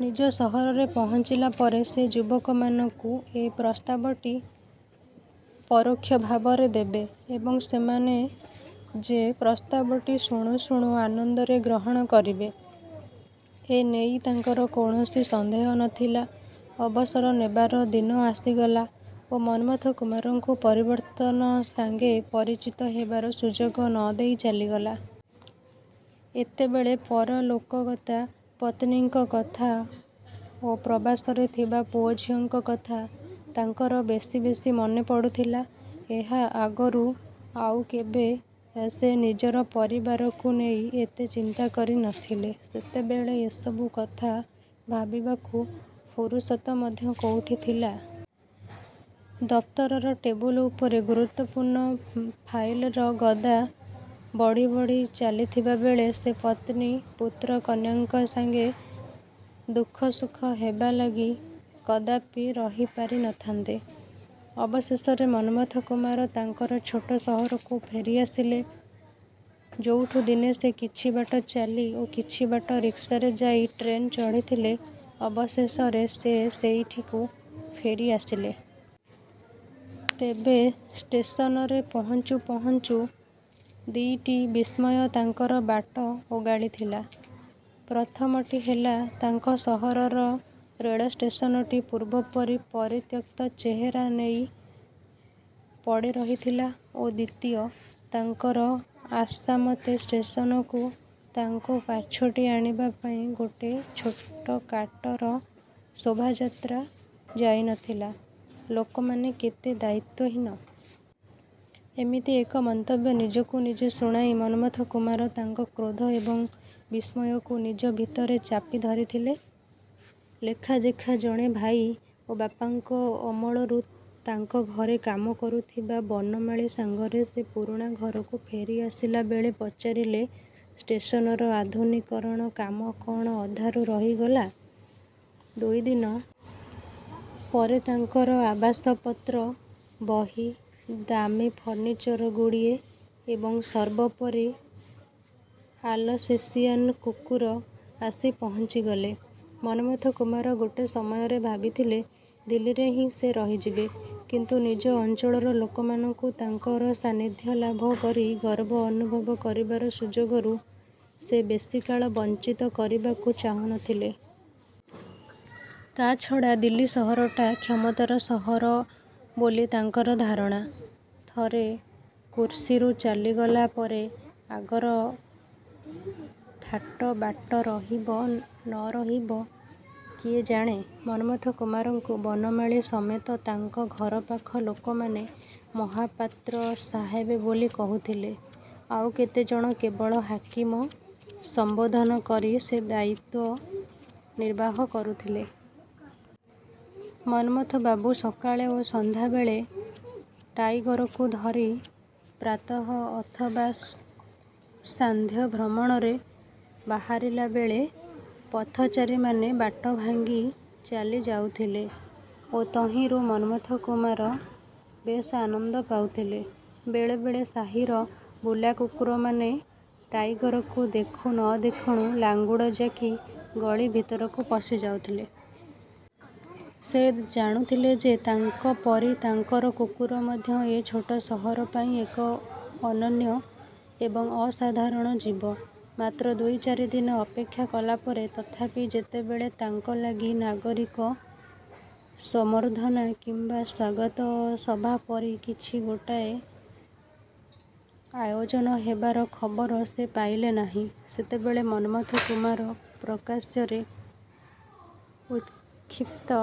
ନିଜ ସହରରେ ପହଞ୍ଚିଲା ପରେ ସେ ଯୁବକମାନଙ୍କୁ ଏ ପ୍ରସ୍ତାବଟି ପରୋକ୍ଷ ଭାବରେ ଦେବେ ଏବଂ ସେମାନେ ଯେ ପ୍ରସ୍ତାବଟି ଶୁଣୁ ଶୁଣୁ ଆନନ୍ଦରେ ଗ୍ରହଣ କରିବେ ଏ ନେଇ ତାଙ୍କର କୌଣସି ସନ୍ଦେହ ନଥିଲା। ଅବସର ନେବାର ଦିନ ଆସିଗଲା ଓ ମନ୍ମଥ କୁମାରଙ୍କୁ ପରିବର୍ତ୍ତନ ସାଙ୍ଗେ ପରିଚିତ ହେବାର ସୁଯୋଗ ନ ଦେଇ ଚାଲିଗଲା। ଏତେବେଳେ ପରଲୋକଗତା ପତ୍ନୀଙ୍କ କଥା ଓ ପ୍ରବାସରେ ଥିବା ପୁଅ ଝିଅଙ୍କ କଥା ତାଙ୍କର ବେଶି ବେଶି ମନେ ପଡ଼ୁଥିଲା। ଏହା ଆଗରୁ ଆଉ କେବେ ସେ ନିଜର ପରିବାରକୁ ନେଇ ଏତେ ଚିନ୍ତା କରି ନଥିଲେ। ସେତେବେଳେ ଏସବୁ କଥା ଭାବିବାକୁ ଫୁରୁସତ ମଧ୍ୟ କୋଉଠି ଥିଲା? ଦପ୍ତରର ଟେବୁଲ ଉପରେ ଗୁରୁତ୍ୱପୂର୍ଣ୍ଣ ଫାଇଲର ଗଦା ବଢ଼ି ବଢ଼ି ଚାଲିଥିବାବେଳେ ସେ ପତ୍ନୀ-ପୁତ୍ର-କନ୍ୟାଙ୍କ ସାଙ୍ଗେ ଦୁଃଖସୁଖ ହେବା ଲାଗି କଦାପି ରହି ପାରି ନଥାନ୍ତେ। ଅବଶେଷରେ ମନ୍ମଥ କୁମାର ତାଙ୍କର ଛୋଟ ସହରକୁ ଫେରି ଆସିଲେ। ଯୋଉଠୁ ଦିନେ ସେ କିଛି ବାଟ ଚାଲି ଓ କିଛି ବାଟ ରିକ୍ସାରେ ଯାଇ ଟ୍ରେନ ଚଢ଼ିଥିଲେ ଅବଶେଷରେ ସେ ସେଇଠିକୁ ଫେରିଆସିଲେ। ତେବେ ଷ୍ଟେସନରେ ପହଞ୍ଚୁ ପହଞ୍ଚୁ ଦିଇଟି ବିସ୍ମୟ ତାଙ୍କର ବାଟ ଓଗାଳିଥିଲା। ପ୍ରଥମଟି ହେଲା, ତାଙ୍କ ସହରର ରେଳଷ୍ଟେସନଟି ପୂର୍ବପରି ପରିତ୍ୟକ୍ତ ଚେହେରା ନେଇ ପଡ଼ିରହିଥିଲା ଓ ଦ୍ୱିତୀୟ, ତାଙ୍କର ଆଶାମତେ ଷ୍ଟେସନକୁ ତାଙ୍କୁ ପାଛୋଟି ଆଣିବା ପାଇଁ ଗୋଟେ ଛୋଟକାଟର ଶୋଭାଯାତ୍ରା ଯାଇନଥିଲା! ଲୋକମାନେ କେତେ ଦାୟିତ୍ୱହୀନ! ଏମିତି ଏକ ମନ୍ତବ୍ୟ ନିଜକୁ ନିଜେ ଶୁଣାଇ ମନ୍ମଥ କୁମାର ତାଙ୍କ କ୍ରୋଧ ଏବଂ ବିସ୍ମୟକୁ ନିଜ ଭିତରେ ଚାପି ଧରିଥିଲେ। ଲେଖାଯୋଖା ଜଣେ ଭାଇ ଓ ବାପାଙ୍କ ଅମଳରୁ ତାଙ୍କ ଘରେ କାମ କରୁଥିବା ବନମାଳୀ ସାଙ୍ଗରେ ସେ ପୁରୁଣା ଘରକୁ ଫେରି ଆସିଲାବେଳେ ପଚାରିଲେ ଷ୍ଟେସନର ଆଧୁନିକୀକରଣ କାମ କଣ ଅଧାରୁ ରହିଗଲା? ଦୁଇଦିନ। ପରେ ତାଙ୍କର ଆସବାବପତ୍ର, ବହି, ଦାମୀ ଫର୍ଣ୍ଣିଚର ଗୁଡ଼ିଏ ଏବଂ ସର୍ବୋପରି ଆଲସେସିଆନ କୁକୁର ଆସି ପହଞ୍ଚିଗଲେ। ମନ୍ମଥ କୁମାର ଗୋଟେ ସମୟରେ ଭାବିଥିଲେ, ଦିଲ୍ଲୀରେ ହିଁ ସେ ରହିଯିବେ। କିନ୍ତୁ ନିଜ ଅଞ୍ଚଳର ଲୋକମାନଙ୍କୁ ତାଙ୍କର ସାନ୍ନିଧ୍ୟ ଲାଭ କରି ଗର୍ବ ଅନୁଭବ କରିବାର ସୁଯୋଗରୁ ସେ ବେଶିକାଳ ବଞ୍ଚିତ କରିବାକୁ ଚାହୁଁ ନଥିଲେ। ତା'ଛଡ଼ା ଦିଲ୍ଲୀ ସହରଟା କ୍ଷମତାର ସହର ବୋଲି ତାଙ୍କର ଧାରଣା। ଥରେ କୁର୍ସୀରୁ ଚାଲିଗଲା ପରେ ଆଗର ଥାଟବାଟ ରହିବ ନ ରହିବ କିଏ ଜାଣେ! ମନ୍ମଥ କୁମାରଙ୍କୁ ବନମାଳୀ ସମେତ ତାଙ୍କ ଘରପାଖ ଲୋକମାନେ ମହାପାତ୍ର ସାହେବ ବୋଲି କହୁଥିଲେ। ଆଉ କେତେଜଣ କେବଳ 'ହାକିମ' ସମ୍ବୋଧନ କରି ସେ ଦାୟିତ୍ୱ ନିର୍ବାହ କରୁଥିଲେ। ମନ୍ମଥବାବୁ ସକାଳେ ଓ ସନ୍ଧ୍ୟାବେଳେ ଟାଇଗରକୁ ଧରି ପ୍ରାତଃ ଅଥବା ସାନ୍ଧ୍ୟ ଭ୍ରମଣରେ ବାହାରିଲା ବେଳେ ପଥଚାରୀମାନେ ବାଟ ଭାଙ୍ଗି ଚାଲି ଯାଉଥିଲେ ଓ ତହିଁରୁ ମନ୍ମଥ କୁମାର ବେଶ୍ ଆନନ୍ଦ ପାଉଥିଲେ। ବେଳେବେଳେ ସାହିର ବୁଲାକୁକୁରମାନେ ଟାଇଗରକୁ ଦେଖୁ ନ ଦେଖୁଣୁ ଲାଙ୍ଗୁଡ଼ ଜାକି ଗଳି ଭିତରକୁ ପଶିଯାଉଥିଲେ। ସେ ଜାଣୁଥିଲେ ଯେ ତାଙ୍କ ପରି ତାଙ୍କର କୁକୁର ମଧ୍ୟ ଏ ଛୋଟ ସହର ପାଇଁ ଏକ ଅନନ୍ୟ ଏବଂ ଅସାଧାରଣ ଜୀବ! ମାତ୍ର ଦୁଇ ଚାରିଦିନ ଅପେକ୍ଷା କଲାପରେ ତଥାପି ଯେତେବେଳେ ତାଙ୍କ ଲାଗି ନାଗରିକ ସମ୍ବର୍ଦ୍ଧନା କିମ୍ବା ସ୍ୱାଗତ ସଭା ପରି କିଛି ଗୋଟାଏ ଆୟୋଜନ ହେବାର ଖବର ସେ ପାଇଲେ ନାହିଁ, ସେତେବେଳେ ମନ୍ମଥ କୁମାର ପ୍ରକାଶ୍ୟରେ ଉତ୍କ୍ଷିପ୍ତ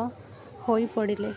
ହୋଇପଡ଼ିଲେ।